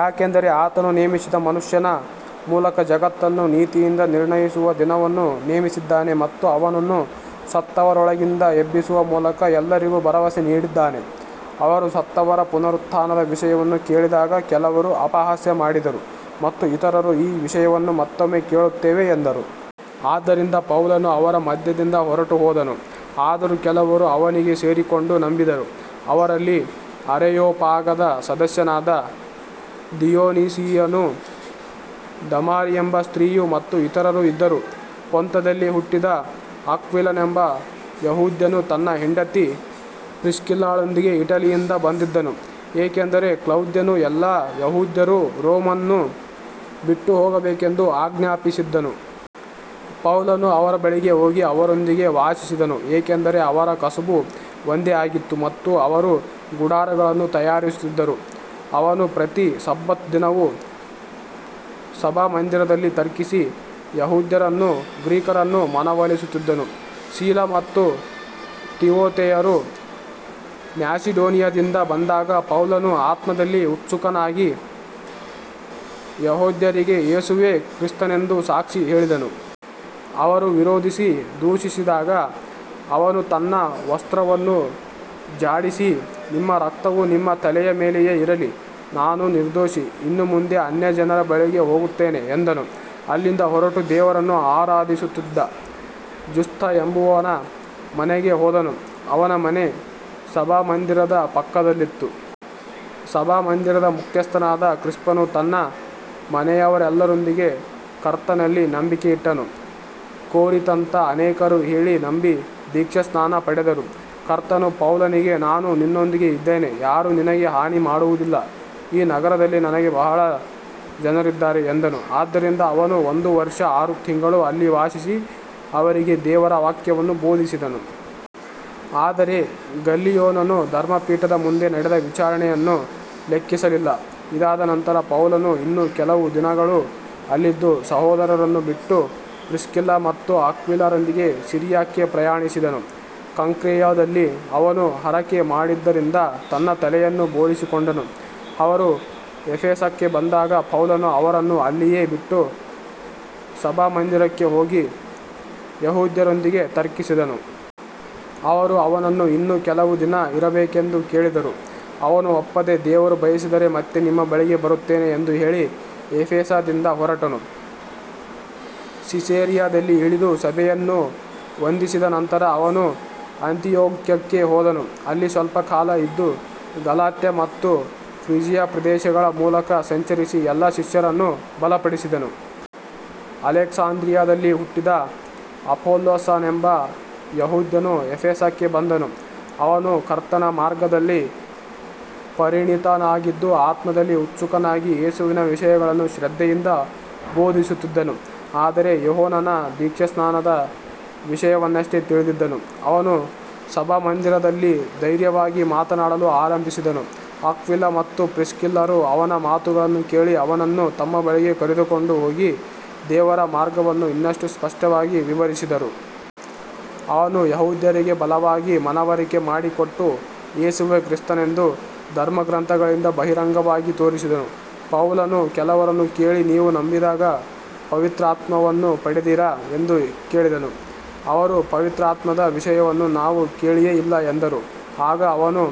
ಯಾಕಂದರೆ ಆತನು ನೇಮಿಸಿದ ಮನುಷ್ಯನ ಮೂಲಕ ಜಗತ್ತನ್ನು ನೀತಿಯಿಂದ ನಿರ್ಣಯಿಸುವ ದಿನವನ್ನು ನೇಮಿಸಿದ್ದಾನೆ ಮತ್ತು ಅವನನ್ನು ಸತ್ತವರೊಳಗಿಂದ ಎಬ್ಬಿಸುವ ಮೂಲಕ ಎಲ್ಲರಿಗೂ ಭರವಸೆ ನೀಡಿದ್ದಾನೆ. ಅವರು ಸತ್ತವರ ಪುನರುತ್ಥಾನದ ವಿಷಯವನ್ನು ಕೇಳಿದಾಗ ಕೆಲವರು ಅಪಹಾಸ್ಯ ಮಾಡಿದರು ಮತ್ತು ಇತರರು ಈ ವಿಷಯವನ್ನು ಮತ್ತೊಮ್ಮೆ ಕೇಳುತ್ತೇವೆ ಎಂದರು. ಆದ್ದರಿಂದ ಪೌಲನು ಅವರ ಮಧ್ಯದಿಂದ ಹೊರಟುಹೋದನು. ಆದರೂ ಕೆಲವರು ಅವನಿಗೆ ಸೇರಿಕೊಂಡು ನಂಬಿದರು. ಅವರಲ್ಲಿ ಅರೆಯೋಪಾಗದ ಸದಸ್ಯನಾದ ದಿಯೊನಿಸಿಯನೂ, ದಮಾರಿಯೆಂಬ ಸ್ತ್ರೀಯೂ ಮತ್ತು ಇತರರೂ ಇದ್ದರು. ಪೊಂತದಲ್ಲಿ ಹುಟ್ಟಿದ ಅಕ್ವಿಲನೆಂಬ ಯೆಹೂದ್ಯನು ತನ್ನ ಹೆಂಡತಿ ಪ್ರಿಸ್ಕಿಲ್ಲಳೊಂದಿಗೆ ಇಟಲಿಯಿಂದ ಬಂದಿದ್ದನು, ಏಕೆಂದರೆ ಕ್ಲೌದ್ಯನು ಎಲ್ಲಾ ಯೆಹೂದ್ಯರು ರೋಮನ್ನು ಬಿಟ್ಟುಹೋಗಬೇಕೆಂದು ಆಜ್ಞಾಪಿಸಿದ್ದನು. ಪೌಲನು ಅವರ ಬಳಿಗೆ ಹೋಗಿ ಅವರೊಂದಿಗೆ ವಾಸಿಸಿದನು, ಏಕೆಂದರೆ ಅವರ ಕಸುಬು ಒಂದೇ ಆಗಿತ್ತು ಮತ್ತು ಅವರು ಗುಡಾರಗಳನ್ನು ತಯಾರಿಸುತ್ತಿದ್ದರು. ಅವನು ಪ್ರತಿ ಸಬ್ಬತ್ ದಿನವೂ ಸಭಾಮಂದಿರದಲ್ಲಿ ತರ್ಕಿಸಿ ಯೆಹೂದ್ಯರನ್ನೂ ಗ್ರೀಕರನ್ನೂ ಮನವೊಲಿಸುತ್ತಿದ್ದನು. ಸೀಲ ಮತ್ತು ತಿಮೊಥೆಯರು ಮ್ಯಾಸಿಡೋನಿಯಾದಿಂದ ಬಂದಾಗ ಪೌಲನು ಆತ್ಮದಲ್ಲಿ ಉತ್ಸುಕನಾಗಿ ಯೆಹೂದ್ಯರಿಗೆ ಯೇಸುವೇ ಕ್ರಿಸ್ತನೆಂದು ಸಾಕ್ಷಿ ಹೇಳಿದನು. ಅವರು ವಿರೋಧಿಸಿ ದೂಷಿಸಿದಾಗ ಅವನು ತನ್ನ ವಸ್ತ್ರವನ್ನು ಝಾಡಿಸಿ, ನಿಮ್ಮ ರಕ್ತವು ನಿಮ್ಮ ತಲೆಯ ಮೇಲೆಯೇ ಇರಲಿ, ನಾನು ನಿರ್ದೋಷಿ, ಇನ್ನು ಮುಂದೆ ಅನ್ಯಜನರ ಬಳಿಗೆ ಹೋಗುತ್ತೇನೆ ಎಂದನು. ಅಲ್ಲಿಂದ ಹೊರಟು ದೇವರನ್ನು ಆರಾಧಿಸುತ್ತಿದ್ದ ಜುಸ್ತ ಎಂಬವನ ಮನೆಗೆ ಹೋದನು, ಅವನ ಮನೆ ಸಭಾಮಂದಿರದ ಪಕ್ಕದಲ್ಲಿತ್ತು. ಸಭಾಮಂದಿರದ ಮುಖ್ಯಸ್ಥನಾದ ಕ್ರಿಸ್ಪನು ತನ್ನ ಮನೆಯವರೆಲ್ಲರೊಂದಿಗೆ ಕರ್ತನಲ್ಲಿ ನಂಬಿಕೆಯಿಟ್ಟನು. ಕೊರಿಂಥದ ಅನೇಕರು ಕೇಳಿ ನಂಬಿ ದೀಕ್ಷಾಸ್ನಾನ ಪಡೆದರು. ಕರ್ತನು ಪೌಲನಿಗೆ, ನಾನು ನಿನ್ನೊಂದಿಗೆ ಇದ್ದೇನೆ, ಯಾರೂ ನಿನಗೆ ಹಾನಿ ಮಾಡುವುದಿಲ್ಲ, ಈ ನಗರದಲ್ಲಿ ನನಗೆ ಬಹಳ ಜನರಿದ್ದಾರೆ ಎಂದನು. ಆದ್ದರಿಂದ ಅವನು ಒಂದು ವರ್ಷ ಆರು ತಿಂಗಳು ಅಲ್ಲಿ ವಾಸಿಸಿ ಅವರಿಗೆ ದೇವರ ವಾಕ್ಯವನ್ನು ಬೋಧಿಸಿದನು. ಆದರೆ ಗಲ್ಲಿಯೋನನು ಧರ್ಮಪೀಠದ ಮುಂದೆ ನಡೆದ ವಿಚಾರಣೆಯನ್ನು ಲೆಕ್ಕಿಸಲಿಲ್ಲ. ಇದಾದ ನಂತರ ಪೌಲನು ಇನ್ನೂ ಕೆಲವು ದಿನಗಳು ಅಲ್ಲಿದ್ದು, ಸಹೋದರರನ್ನು ಬಿಟ್ಟು ಪ್ರಿಸ್ಕಿಲ್ಲ ಮತ್ತು ಅಕ್ವಿಲರೊಂದಿಗೆ ಸಿರಿಯಾಕ್ಕೆ ಪ್ರಯಾಣಿಸಿದನು. ಕೆಂಕ್ರೆಯದಲ್ಲಿ ಅವನು ಹರಕೆ ಮಾಡಿದ್ದರಿಂದ ತನ್ನ ತಲೆಯನ್ನು ಬೋಳಿಸಿಕೊಂಡನು. ಅವರು ಎಫೆಸಕ್ಕೆ ಬಂದಾಗ ಪೌಲನು ಅವರನ್ನು ಅಲ್ಲಿಯೇ ಬಿಟ್ಟು ಸಭಾಮಂದಿರಕ್ಕೆ ಹೋಗಿ ಯೆಹೂದ್ಯರೊಂದಿಗೆ ತರ್ಕಿಸಿದನು. ಅವರು ಅವನನ್ನು ಇನ್ನೂ ಕೆಲವು ದಿನ ಇರಬೇಕೆಂದು ಕೇಳಿದರೂ ಅವನು ಒಪ್ಪದೆ, ದೇವರು ಬಯಸಿದರೆ ಮತ್ತೆ ನಿಮ್ಮ ಬಳಿಗೆ ಬರುತ್ತೇನೆ ಎಂದು ಹೇಳಿ ಎಫೆಸದಿಂದ ಹೊರಟನು. ಸಿಸೇರಿಯಾದಲ್ಲಿ ಇಳಿದು ಸಭೆಯನ್ನು ವಂದಿಸಿದ ನಂತರ ಅವನು ಅಂತಿಯೋಕ್ಯಕ್ಕೆ ಹೋದನು. ಅಲ್ಲಿ ಸ್ವಲ್ಪ ಕಾಲ ಇದ್ದು ಗಲಾತ್ಯ ಮತ್ತು ಫ್ರಿಜಿಯಾ ಪ್ರದೇಶಗಳ ಮೂಲಕ ಸಂಚರಿಸಿ ಎಲ್ಲಾ ಶಿಷ್ಯರನ್ನು ಬಲಪಡಿಸಿದನು. ಅಲೆಕ್ಸಾಂದ್ರಿಯಾದಲ್ಲಿ ಹುಟ್ಟಿದ ಅಪೊಲ್ಲೋಸನೆಂಬ ಯೆಹೂದ್ಯನು ಎಫೆಸಕ್ಕೆ ಬಂದನು. ಅವನು ಕರ್ತನ ಮಾರ್ಗದಲ್ಲಿ ಪರಿಣತನಾಗಿದ್ದು, ಆತ್ಮದಲ್ಲಿ ಉತ್ಸುಕನಾಗಿ ಯೇಸುವಿನ ವಿಷಯಗಳನ್ನು ಶ್ರದ್ಧೆಯಿಂದ ಬೋಧಿಸುತ್ತಿದ್ದನು, ಆದರೆ ಯೋಹಾನನ ದೀಕ್ಷಾಸ್ನಾನದ ವಿಷಯವನ್ನಷ್ಟೇ ತಿಳಿದಿದ್ದನು. ಅವನು ಸಭಾಮಂದಿರದಲ್ಲಿ ಧೈರ್ಯವಾಗಿ ಮಾತನಾಡಲು ಆರಂಭಿಸಿದನು. ಅಕ್ವಿಲ ಮತ್ತು ಪ್ರಿಸ್ಕಿಲ್ಲರು ಅವನ ಮಾತುಗಳನ್ನು ಕೇಳಿ ಅವನನ್ನು ತಮ್ಮ ಬಳಿಗೆ ಕರೆದುಕೊಂಡು ಹೋಗಿ ದೇವರ ಮಾರ್ಗವನ್ನು ಇನ್ನಷ್ಟು ಸ್ಪಷ್ಟವಾಗಿ ವಿವರಿಸಿದರು. ಅವನು ಯೆಹೂದ್ಯರಿಗೆ ಬಲವಾಗಿ ಮನವರಿಕೆ ಮಾಡಿಕೊಟ್ಟು, ಯೇಸುವೇ ಕ್ರಿಸ್ತನೆಂದು ಧರ್ಮಗ್ರಂಥಗಳಿಂದ ಬಹಿರಂಗವಾಗಿ ತೋರಿಸಿದನು. ಪೌಲನು ಕೆಲವರನ್ನು ಕೇಳಿ, ನೀವು ನಂಬಿದಾಗ ಪವಿತ್ರಾತ್ಮವನ್ನು ಪಡೆದಿರಾ ಎಂದು ಕೇಳಿದನು. ಅವರು, ಪವಿತ್ರಾತ್ಮದ ವಿಷಯವನ್ನು ನಾವು ಕೇಳಿಯೇ ಇಲ್ಲ ಎಂದರು. ಆಗ ಅವನು,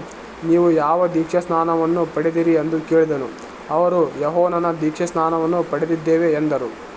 ನೀವು ಯಾವ ದೀಕ್ಷಾಸ್ನಾನವನ್ನು ಪಡೆದಿರಿ ಎಂದು ಕೇಳಿದನು. ಅವರು, ಯೋಹಾನನ ದೀಕ್ಷಾಸ್ನಾನವನ್ನು ಪಡೆದಿದ್ದೇವೆ ಎಂದರು.